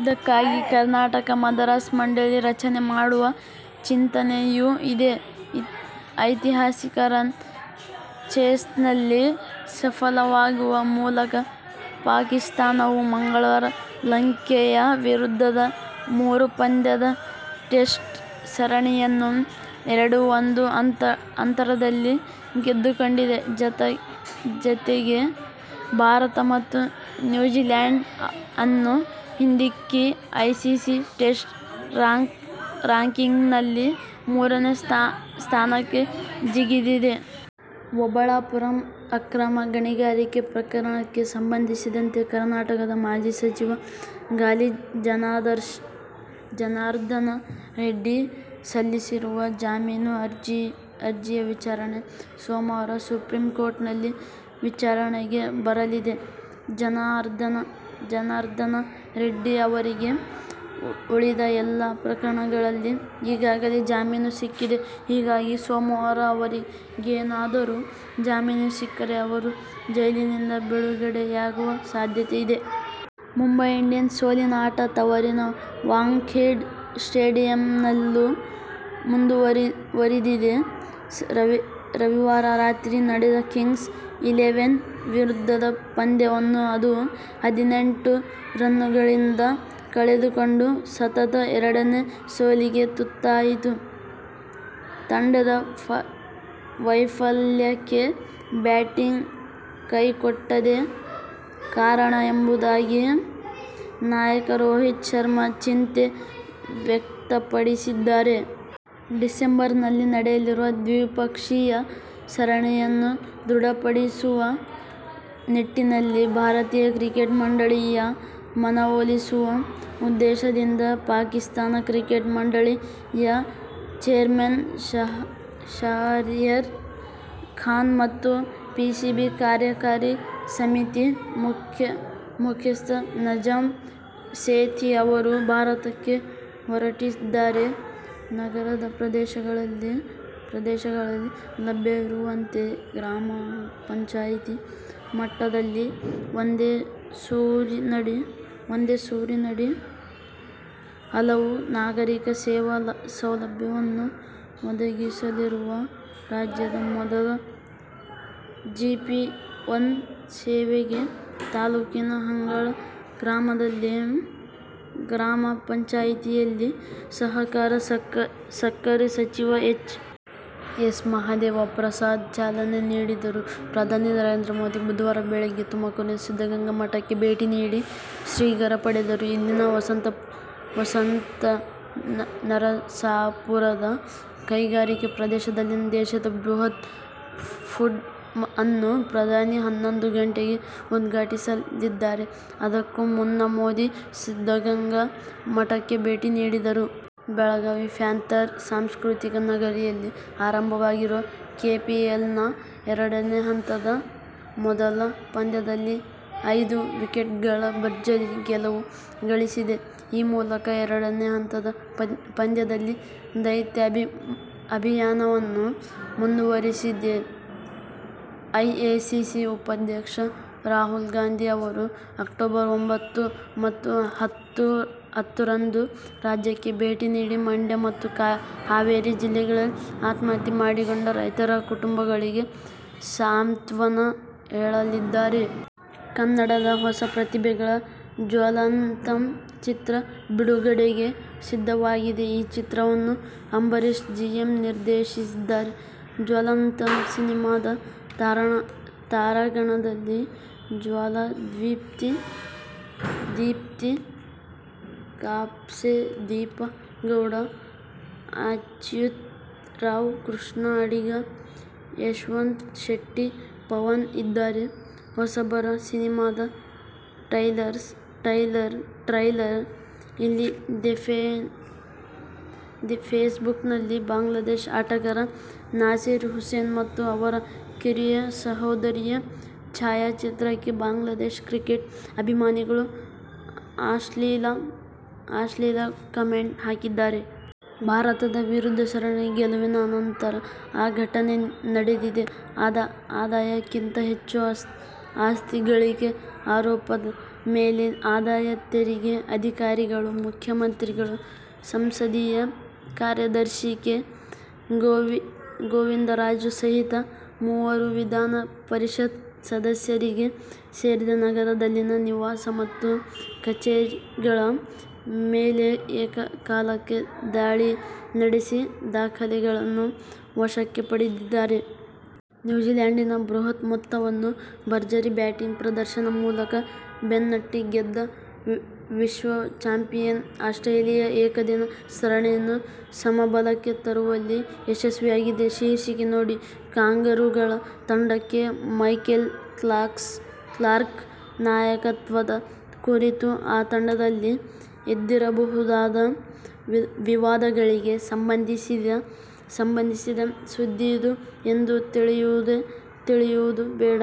ಇದಕ್ಕಾಗಿ ಕರ್ನಾಟಕ ಮದರಸಾ ಮಂಡಳಿ ರಚನೆ ಮಾಡುವ ಚಿಂತನೆಯೂ ಇದೆ. ಐತಿಹಾಸಿಕ ರನ್ ಚೇಸ್ನಲ್ಲಿ ಸಫಲವಾಗುವ ಮೂಲಕ ಪಾಕಿಸ್ಥಾನವು ಮಂಗಳವಾರ ಲಂಕೆಯ ವಿರುದ್ಧದ ಮೂರು ಪಂದ್ಯಗಳ ಟೆಸ್ಟ್ ಸರಣಿಯನ್ನು ಎರಡು-ಒಂದು ಅಂತರದಲ್ಲಿ ಗೆದ್ದುಕೊಂಡಿದೆ. ಜತೆಗೆ ಭಾರತ ಮತ್ತು ನ್ಯೂಜೀಲ್ಯಾಂಡ್ ಅನ್ನು ಹಿಂದಿಕ್ಕಿ ಐಸಿಸಿ ಟೆಸ್ಟ್ ರಾಂಕಿಂಗ್ನಲ್ಲಿ ಮೂರನೇ ಸ್ಥಾನಕ್ಕೆ ಜಿಗಿದಿದೆ. ಓಬಳಾಪುರಂ ಅಕ್ರಮ ಗಣಿಗಾರಿಕೆ ಪ್ರಕರಣಕ್ಕೆ ಸಂಬಂಧಿಸಿದಂತೆ ಕರ್ನಾಟಕದ ಮಾಜಿ ಸಚಿವ ಗಾಲಿ ಜನಾರ್ದನ ರೆಡ್ಡಿ ಸಲ್ಲಿಸಿರುವ ಜಾಮೀನು ಅರ್ಜಿಯ ವಿಚಾರಣೆ ಸೋಮವಾರ ಸುಪ್ರೀಂಕೋರ್ಟ್ನಲ್ಲಿ ವಿಚಾರಣೆಗೆ ಬರಲಿದೆ. ಜನಾರ್ದನ ರೆಡ್ಡಿ ಅವರಿಗೆ ಉಳಿದ ಎಲ್ಲ ಪ್ರಕರಣಗಳಲ್ಲಿ ಈಗಾಗಲೇ ಜಾಮೀನು ಸಿಕ್ಕಿದೆ. ಹೀಗಾಗಿ ಸೋಮವಾರ ಅವರಿಗೇನಾದರೂ ಜಾಮೀನು ಸಿಕ್ಕರೆ ಅವರು ಜೈಲಿನಿಂದ ಬಿಡುಗಡೆಯಾಗುವ ಸಾಧ್ಯತೆ ಇದೆ. ಮುಂಬೈ ಇಂಡಿಯನ್ಸ್ನ ಸೋಲಿನ ಆಟ ತವರಿನ ವಾಂಖೇಡೆ ಸ್ಟೇಡಿಯಂನಲ್ಲೂ ಮುಂದುವರಿದಿದೆ. ರವಿವಾರ ರಾತ್ರಿ ನಡೆದ ಕಿಂಗ್ಸ್ ಇಲೆವೆನ್ ವಿರುದ್ಧದ ಪಂದ್ಯವನ್ನು ಅದು ಹದಿನೆಂಟು ರನ್ನುಗಳಿಂದ ಕಳೆದುಕೊಂಡು ಸತತ ಎರಡನೇ ಸೋಲಿಗೆ ತುತ್ತಾಯಿತು. ತಂಡದ ವೈಫಲ್ಯಕ್ಕೆ ಬ್ಯಾಟಿಂಗ್ ಕೈಕೊಟ್ಟದ್ದೇ ಕಾರಣ ಎಂಬುದಾಗಿ ನಾಯಕ ರೋಹಿತ್ ಶರ್ಮ ಚಿಂತೆ ವ್ಯಕ್ತಪಡಿಸಿದ್ದಾರೆ. ಡಿಸೆಂಬರ್ನಲ್ಲಿ ನಡೆಯಲಿರುವ ದ್ವಿಪಕ್ಷೀಯ ಸರಣಿಯನ್ನು ದೃಢಪಡಿಸುವ ನಿಟ್ಟಿನಲ್ಲಿ ಭಾರತೀಯ ಕ್ರಿಕೆಟ್ ಮಂಡಳಿ ಯ ಮನವೊಲಿಸುವ ಉದ್ದೇಶದಿಂದ ಪಾಕಿಸ್ಥಾನ ಕ್ರಿಕೆಟ್ ಮಂಡಳಿ ಯ ಚೇರ್ಮನ್ ಶಹರ್ಯಾರ್ ಖಾನ್ ಮತ್ತು ಪಿಸಿಬಿ ಕಾರ್ಯಕಾರಿ ಸಮಿತಿ ಮುಖ್ಯಸ್ಥ ನಜಮ್ ಸೇಥಿ ಅವರು ಭಾರತಕ್ಕೆ ಹೊರಟಿದ್ದಾರೆ. ನಗರ ಪ್ರದೇಶಗಳಲ್ಲಿ ಲಭ್ಯವಿರುವಂತೆ ಗ್ರಾಮ ಪಂಚಾಯಿತಿ ಮಟ್ಟದಲ್ಲಿಯೂ ಒಂದೇ ಸೂರಿನಡಿ ಹಲವು ನಾಗರಿಕ ಸೇವಾ ಸೌಲಭ್ಯವನ್ನು ಒದಗಿಸಲಿರುವ ರಾಜ್ಯದ ಮೊದಲ ಜಿಪಿ-ಒನ್ ಸೇವೆಗೆ ತಾಲೂಕಿನ ಹಂಗಳ ಗ್ರಾಮ ಪಂಚಾಯಿತಿಯಲ್ಲಿ ಸಹಕಾರ, ಸಕ್ಕರೆ ಸಚಿವ ಎಚ್. ಎಸ್. ಮಹದೇ ವಪ್ರಸಾದ್ ಚಾಲನೆ ನೀಡಿದರು. ಪ್ರಧಾನಿ ನರೇಂದ್ರ ಮೋದಿ ಬುಧವಾರ ಬೆಳಿಗ್ಗೆ ತುಮಕೂರಿನ ಸಿದ್ಧಗಂಗಾ ಮಠಕ್ಕೆ ಭೇಟಿ ನೀಡಿ ಶ್ರೀಗಳ ಪಡೆದರು. ಇಲ್ಲಿನ ವಸಂತನರಸಾಪುರದ ಕೈಗಾರಿಕಾ ಪ್ರದೇಶದಲ್ಲಿನ ದೇಶದ ಬೃಹತ್ ಫುಡ್ ಅನ್ನು ಪ್ರಧಾನಿ ಹನ್ನೊಂದು ಗಂಟೆಗೆ ಉದ್ಘಾಟಿಸಲಿದ್ದಾರೆ. ಅದಕ್ಕೂ ಮುನ್ನ ಮೋದಿ ಸಿದ್ದಗಂಗಾ ಮಠಕ್ಕೆ ಭೇಟಿ ನೀಡಿದರು. ಬೆಳಗಾವಿ ಪ್ಯಾಂಥರ್ ಸಾಂಸ್ಕೃತಿಕ ನಗರಿಯಲ್ಲಿ ಆರಂಭವಾಗಿರುವ ಕೆಪಿಎಲ್ನ ಎರಡನೇ ಹಂತದ ಮೊದಲ ಪಂದ್ಯದಲ್ಲಿ ಐದು ವಿಕೆಟ್ಗಳ ಭರ್ಜರಿ ಗೆಲುವು ಗಳಿಸಿದೆ. ಈ ಮೂಲಕ ಎರಡನೇ ಹಂತದ ಪಂದ್ಯದಲ್ಲಿ ದೈತ್ಯ ಅಭಿಯಾನವನ್ನು ಮುಂದುವರಿಸಿದೆ. ಎಐಸಿಸಿ ಉಪಾಧ್ಯಕ್ಷ ರಾಹುಲ್ ಗಾಂಧಿ ಅವರು ಅಕ್ಟೋಬರ್ ಒಂಬತ್ತು ಮತ್ತು ಹತ್ತು ರಂದು ರಾಜ್ಯಕ್ಕೆ ಭೇಟಿ ನೀಡಿ ಮಂಡ್ಯ ಮತ್ತು ಹಾವೇರಿ ಜಿಲ್ಲೆಗಳಲ್ಲಿ ಆತ್ಮಹತ್ಯೆ ಮಾಡಿಕೊಂಡ ರೈತ ಕುಟುಂಬಗಳಿಗೆ ಸಾಂತ್ವನ ಹೇಳಲಿದ್ದಾರೆ. ಕನ್ನಡದ ಹೊಸ ಪ್ರತಿಭೆಗಳ ಜ್ವಲಂತಂ ಚಿತ್ರ ಬಿಡುಗಡೆಗೆ ಸಿದ್ಧವಾಗಿದೆ. ಈ ಚಿತ್ರವನ್ನು ಅಂಬರೀಶ್ ಬಿಎಂ ನಿರ್ದೇಶಿಸಿದ್ದಾರೆ. ಜ್ವಲಂತಂ ಸಿನಿಮಾದ ತಾರಾಗಣದಲ್ಲಿ ಜ್ವಾಲಾ, ದೀಪ್ತಿ ಕಾಪ್ಸೆ, ದೀಪಾ ಗೌಡ, ಅಚ್ಯುತ್ ರಾವ್, ಕೃಷ್ಣಾ ಅಡಿಗಾ, ಯಶವಂತ್ ಶೆಟ್ಟಿ, ಪವನ್ ಇದ್ದಾರೆ. ಹೊಸಬರ ಸಿನಿಮಾದ ಟ್ರೈಲರ್ ಇಲ್ಲಿದೆಫೇಸ್ಬುಕ್ನಲ್ಲಿ ಬಾಂಗ್ಲಾದೇಶ ಆಟಗಾರ ನಾಸೀರ್ ಹುಸೇನ್ ಮತ್ತು ಅವರ ಕಿರಿಯ ಸಹೋದರಿಯ ಛಾಯಾಚಿತ್ರಕ್ಕೆ ಬಾಂಗ್ಲಾ ಕ್ರಿಕೆಟ್ ಅಭಿಮಾನಿಗಳು ಅಶ್ಲೀಲ ಕಮೆಂಟ್ ಹಾಕಿದ್ದಾರೆ. ಭಾರತದ ವಿರುದ್ಧ ಸರಣಿ ಗೆಲುವಿನ ಅನಂತರ ಈ ಘಟನೆ ನಡೆದಿದೆ. ಆದಾಯಕ್ಕಿಂತ ಹೆಚ್ಚು ಆಸ್ತಿ ಗಳಿಕೆ ಆರೋಪದ ಮೇಲೆ ಆದಾಯ ತೆರಿಗೆ ಅಧಿಕಾರಿಗಳು ಮುಖ್ಯಮಂತ್ರಿಗಳ ಸಂಸದೀಯ ಕಾರ್ಯದರ್ಶಿ ಕೆ. ಗೋವಿಂದರಾಜು ಸಹಿತ ಮೂವರು ವಿಧಾನ ಪರಿಷತ್ ಸದಸ್ಯರಿಗೆ ಸೇರಿದ ನಗರದಲ್ಲಿನ ನಿವಾಸ ಮತ್ತು ಕಚೇರಿಗಳ ಮೇಲೆ ಏಕಕಾಲಕ್ಕೆ ದಾಳಿ ನಡೆಸಿ ದಾಖಲೆಗಳನ್ನು ವಶಕ್ಕೆ ಪಡೆದಿದ್ದಾರೆ. ನ್ಯೂಜಿಲ್ಯಾಂಡಿನ ಬೃಹತ್ ಮೊತ್ತವನ್ನು ಭರ್ಜರಿ ಬ್ಯಾಟಿಂಗ್ ಪ್ರದರ್ಶನದ ಮೂಲಕ ಬೆನ್ನಟ್ಟಿ ಗೆದ್ದ ವಿಶ್ವ ಚಾಂಪಿಯನ್ ಆಸ್ಟ್ರೇಲಿಯ ಏಕದಿನ ಸರಣಿಯನ್ನು ಸಮಬಲಕ್ಕೆ ತರುವಲ್ಲಿ ಯಶಸ್ವಿಯಾಗಿದೆ. ಶೀರ್ಷಿಕೆ ನೋಡಿ ಕಾಂಗರೂಗಳ ತಂಡಕ್ಕೆ ಮೈಕೆಲ್ ಕ್ಲಾರ್ಕ್ ನಾಯಕತ್ವದ ಕುರಿತು ಆ ತಂಡದಲ್ಲಿ ಎದ್ದಿರಬಹುದಾದ ವಿವಾದಗಳಿಗೆ ಸಂಬಂಧಿಸಿದ ಸುದ್ದಿಯಿದು ಎಂದು ತಿಳಿಯುವುದು ಬೇಡ.